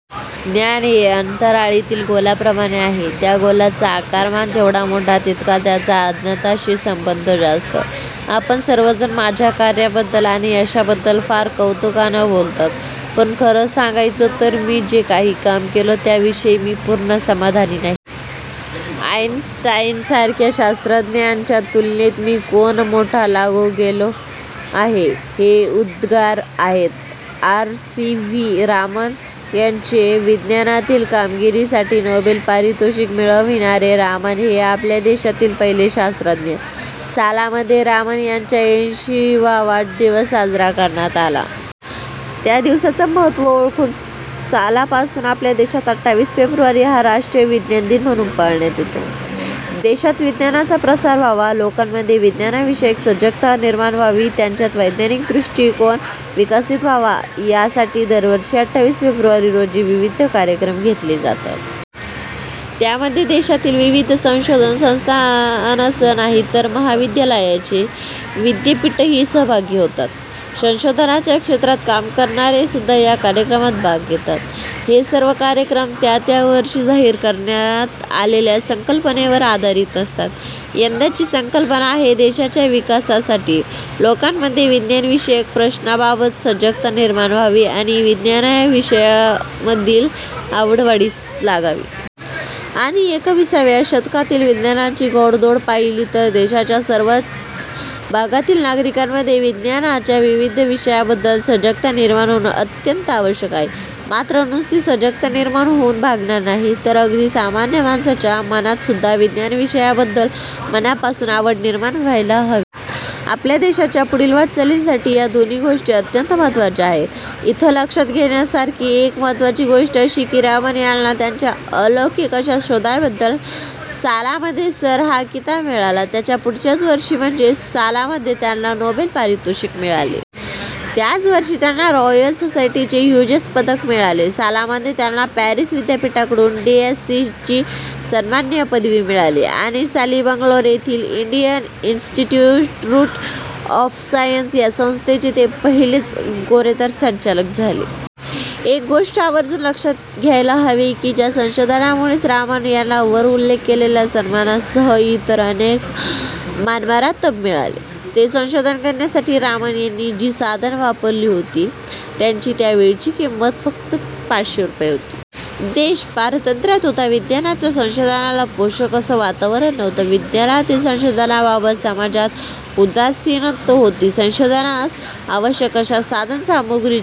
ज्ञान हे अंतराळातील गोलाप्रमाणे आहे. त्या गोलाचा आकारमान जेवढा मोठा, तितका त्याचा अज्ञाताशी संबंध जास्त. आपण सर्वजण माझ्या कार्याबद्दल आणि यशाबद्दल फार कौतुकानं बोललात. पण खरं सांगायचं, तर मी जे काही काम केलं, त्याविषयी मी पूर्ण समाधानी नाही. आइनस्टाईनसारख्या शास्त्रज्ञांच्या तुलनेत मी कोण मोठा लागून गेलो आहे? हे उद्गार आहेत आर सी. व्ही. रामन यांचे. विज्ञानातील कामगिरीसाठी नोबेल पारितोषिक मिळविणारे रामन हे आपल्या देशातील पहिले शास्त्रज्ञ. सालामध्ये रामन यांचा ऐंशी वा वाढदिवस साजरा करण्यात आला. त्या दिवसाचं महत्त्व ओळखून सालापासून आपल्या देशात अठ्ठावीस फेब्रुवारी हा राष्ट्रीय विज्ञान दिन म्हणून पाळण्यात येतो. देशात विज्ञानाचा प्रसार व्हावा, लोकांमध्ये विज्ञानविषयक सजगता निर्माण व्हावी, त्यांच्यात वैज्ञानिक दृष्टिकोन विकसित व्हावा, यासाठी दरवर्षी अठ्ठावीस फेब्रुवारी रोजी विविध कार्यक्रम घेतले जातात. त्यामध्ये देशातील विविध संशोधन संस्थाच नाहीत तर महाविद्यालये, विद्यपीठंही सहभागी होतात. संशोधनाच्या क्षेत्रात काम करणारेसुद्धा या कार्यक्रमांत भाग घेतात. हे सर्व कार्यक्रम त्या त्या वर्षी जाहीर करण्यात आलेल्या संकल्पनेवर आधारित असतात. यंदाची संकल्पना आहे, देशाच्या विकासासाठी लोकांमध्ये विज्ञानविषयक प्रश्नांबाबत सजगता निर्माण व्हावी आणि विज्ञानविषयांमधील आवड वाढीस लागावी! आणि एकविसाव्या शतकातील विज्ञानाची घोडदौड पाहिली तर देशाच्या सर्वच भागातील नागरिकांमध्ये विज्ञानाच्या विविध विषयांबद्दल सजगता निर्माण होणं अत्यंत आवश्यक आहे. मात्र नुसती सजगता निर्माण होऊन भागणार नाही, तर अगदी सामान्य माणसाच्या मनातसुद्धा विज्ञानविषयाबद्दल मनापासून आवड निर्माण व्हायला हवी. आपल्या देशाच्या पुढील वाटचालीसाठी या दोनही गोष्टी अत्यंत महत्त्वाच्या आहेत. इथं लक्षात घेण्यासारखी एक महत्त्वाची गोष्ट अशी की रामन यांना त्यांच्या अलौकिक अशा शोधाबद्दल सालामध्ये सर हा किताब मिळाला. त्याच्या पुढच्याच वर्षी म्हणजे सालामध्ये, त्यांना नोबेल पारितोषिक मिळाले. त्याचवर्षी त्यांना रॉयल सोसायटीचे ह्युजेस पदक मिळाले. सालामध्ये त्यांना पॅरिस विद्यापीठाकडून डी. एस. सी. ची सन्माननीय पदवी मिळाली आणि साली बंगलोर येथील इंडियन इन्स्टिट्यु्रूट ऑफ सायन्स या संस्थेचे ते पहिलेच गोरेतर संचालक झाले! एक गोष्ट आवर्जुन लक्षात घ्यायला हवी की ज्या संशोधनामुळं रामन यांना वर उल्लेख केलेल्या सन्मानांसह इतर अनेक मानमरातब मिळाले, ते संशोधन करण्यासाठी रामन यांनी जी साधनं वापरली होती, त्यांची त्यावेळची किंमत फक्त पाचशे रुपये होती! देश पारतंत्र्यात होता. विज्ञानाच्या संशोधनाला पोषक असं वातावरण नव्हतं. विज्ञानातील संशोधनाबाबत समाजात उदासीनता होती. संशोधनास आवश्यक अशा साधनसामुग्रीची